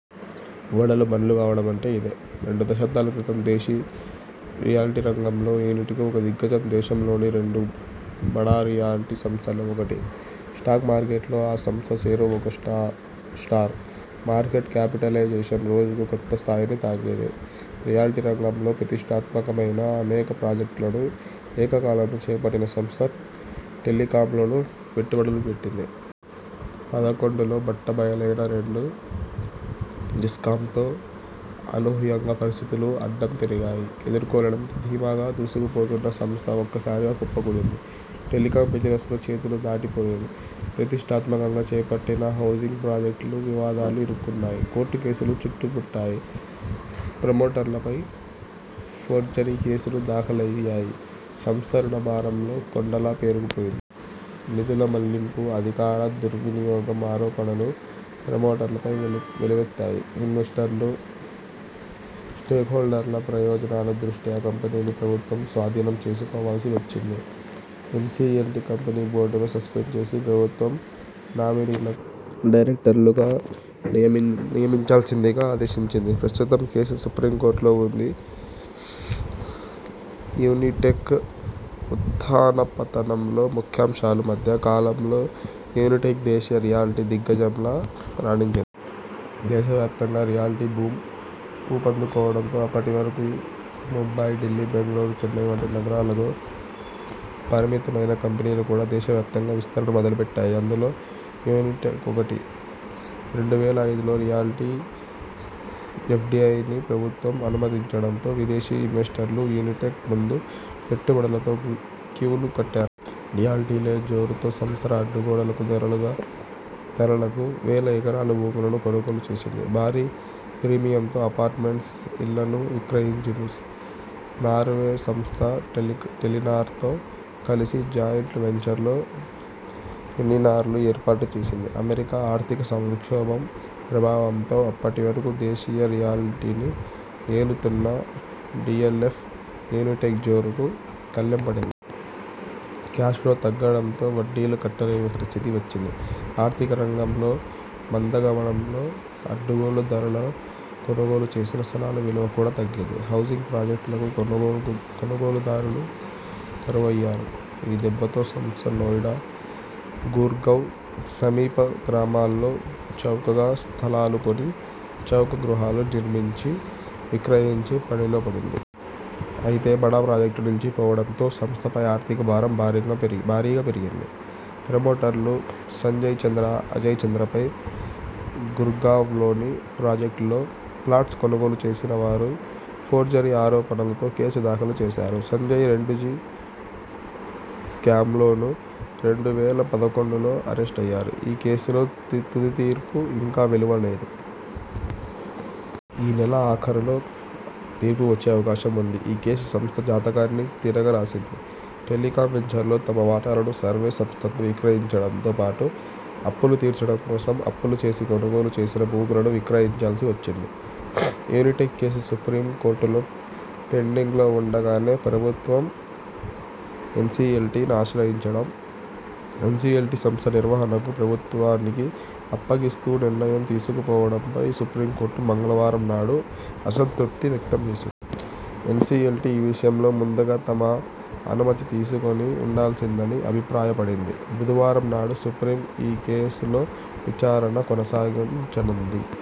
ఓడలు బండ్లు కావడమంటే ఇదే. రెండు దశాబ్దాల క్రితం దేశీ రియల్టీ రంగంలో యునిటెక్ ఒక దిగ్గజం. దేశంలోని రెండు బడా రియల్టీ సంస్థల్లో ఒకటి. స్టాక్ మార్కెట్లో ఆ సంస్థ షేరు ఒక స్టార్. మార్కెట్ క్యాపిటలైజేషన్ రోజుకో కొత్త స్థాయిని తాకేది. రియల్టీ రంగంలో ప్రతిష్టాత్మకమైన అనేక ప్రాజెక్టులను ఏకకాలంలో చేపట్టిన సంస్థ టెలికాంలోనూ పెట్టుబడులు పెట్టింది. పదకొండులో బట్టబయలైన రెండు జిస్కామ్తో అనూహ్యంగా పరిస్థితులు అడ్డం తిరిగాయి. ఎదు రుకోలేన్నంత ధీమాగా దూసుకుపోతున్న సంస్థ ఒక్కసారిగా కుప్పకూలింది. టెలికాం బిజినెస్ చేతులు దాటిపోయింది. ప్రతిష్టాత్మకంగా చేపట్టిన హౌజింగ్ ప్రాజెక్టులు వివాదాల్లో ఇరుక్కున్నాయి. కోర్టు కేసులు చుట్టుముట్టాయి. ప్రమోటర్లపై ఫోర్జరీ కేసులు దాఖలయ్యాయి. సంస్థ రుణ భారంలో కొండలా పేరుకుపోయింది. నిధుల మళ్లింపు, అధికార దుర్వినియోగం ఆరోపణలు ప్రమోటర్లపై వెల్లువెత్తాయి. ఇన్వెస్టర్లు, స్టేక్హోల్డర్ల ప్రయోజనాల దృష్ట్యా కంపెనీని ప్రభుత్వం స్వాధీనం చేసుకోవాల్సి వచ్చింది. ఎన్సిఎల్టి కంపెనీ బోర్డును సస్పెండ్ చేసి ప్రభుత్వ నామినీలను డైరెక్టర్లుగా నియమించాల్సిందిగా ఆదేశించింది. ప్రస్తుతం కేసు సుప్రీంకోర్టులో ఉంది. యునిటెక్ ఉత్థానపతకామ్లో ముఖ్యాంశాలు మధ్య కాలంలో యునిటెక్ దేశీయ రియల్టీలో దిగ్గజంలా రాణించింది. దేశవ్యాప్తంగా రియల్టీ బూమ్ ఊపందుకోవడంతో అప్పటివరకు ముంబై, ఢిల్లీ, బెంగళూరు, చెన్పై వంటి నగరాల ను పరిమితమైన కంపెనీలు కూడా దేశవ్యాప్తంగా విస్తరణ మొదలుపెట్టాయి. అందులో యునిటెక్ ఒకటి. రెండు వేల ఐదులో రియల్టీలో ఎఫ్డిఐని ప్రభుత్వం అనుమతించడంతో విదేశీ ఇన్వెస్టర్లు యునిటెక్ ముందు పెట్టుబడులతో క్యూలు కట్టారు. రియల్టీలో జోరుతో సంస్థ అడ్డగోలు ధరలకు వేల ఎకరాల భూములను కొనుగోలు చేసింది. భారీ ప్రీమియంతో అపార్ట్మెంట్స్, ఇళ్లను విక్రయించింది. నార్వే సంస్థ టెలినార్తో కలిసి జాయింట్ వెంచర్లో యునినార్ను ఏర్పాటు చేసింది. ఆమెరికా ఆర్థిక సంక్షోభం ప్రభావంతో అప్పటి వరకు దేశీయ రియల్టీని ఏలుతున్న డిఎల్ఎఫ్, యునిటెక్ జోరుకు కళ్లెం పడింది. క్యాష్ ఫ్లో తగ్గడంతో వడ్డీలు కట్టలేని పరిస్థితి వచ్చింది. ఆర్థిక రంగంలో మందగమనంతో అడ్డగోలు ధరలతో కొనుగోలు చేసిన స్థలాల విలువ కూడా తగ్గింది. హౌజింగ్ ప్రాజెక్టులకు కొనుగోలుదారులు కరువయ్యారు. ఈ దెబ్బతో సంస్థ నోయిడా, గుర్గావ్ సమీప గ్రామాల్లో చౌకగా స్థలాలు కొని చౌక గృహాలు నిర్మించి విక్రయించే పనిలోపడింది. అయితే బడా ప్రాజెక్టులు నిల్చిపోవడంతో సంస్థపై ఆర్థిక భారం భారీగా పెరిగింది. ప్రమోటర్లు సంజయ్ చంద్ర, అజయ్ చంద్ర పై గుర్గావ్లోని ప్రాజెక్టులో ఫ్లాట్స్ కొనుగోలు చేసిన వారు ఫోర్జరీ ఆరోపణలతో కేసు దాఖలు చేశారు. సంజయ్ రెండుజి స్కామ్లోనూ రెండు వేల పదకొండులో అరెస్టయ్యారు ఈ కేసులో తుది తీర్పు ఇంకా వెలువడలేదు. ఈ నెలాఖరులో తీర్పువచ్చే అవకాశం ఉంది. ఈ కేసు సంస్థ జాతకాన్ని తిరగరాసింది. టెలికాం వెంచర్లో తమ వాటాలను సార్వే సంస్థకు విక్రయించడంతో పాటు అప్పులు తీర్చడం కోసం అప్పులు చేసి కొనుగోలు చేసిన భూములను విక్రయించాల్సి వచ్చింది. యునిటెక్ కేసు సుప్రీం కోర్టులో పెండింగ్లో ఉండగానే ప్రభుత్వం ఎన్సిఎల్టిని ఆశ్రయించడం, ఎన్సిఎల్టి సంస్థ నిర్వహణను ప్రభుత్వానికి అప్పగిస్తూ నిర్ణయం తీసుకోవడంపై సుప్రీంకోర్టు మంగళవారం నాడు అసంతృప్తి ని వ్యక్తం చేసింది. ఎన్సిఎల్టి ఈ విషయంలో ముందుగా తమ అనుమతి తీసుకొని ఉండాల్సిందని అభిప్రాయపడింది. బుధవారం నాడు సుప్రీం ఈ కేసులో విచారణ కొనసాగించనుంది.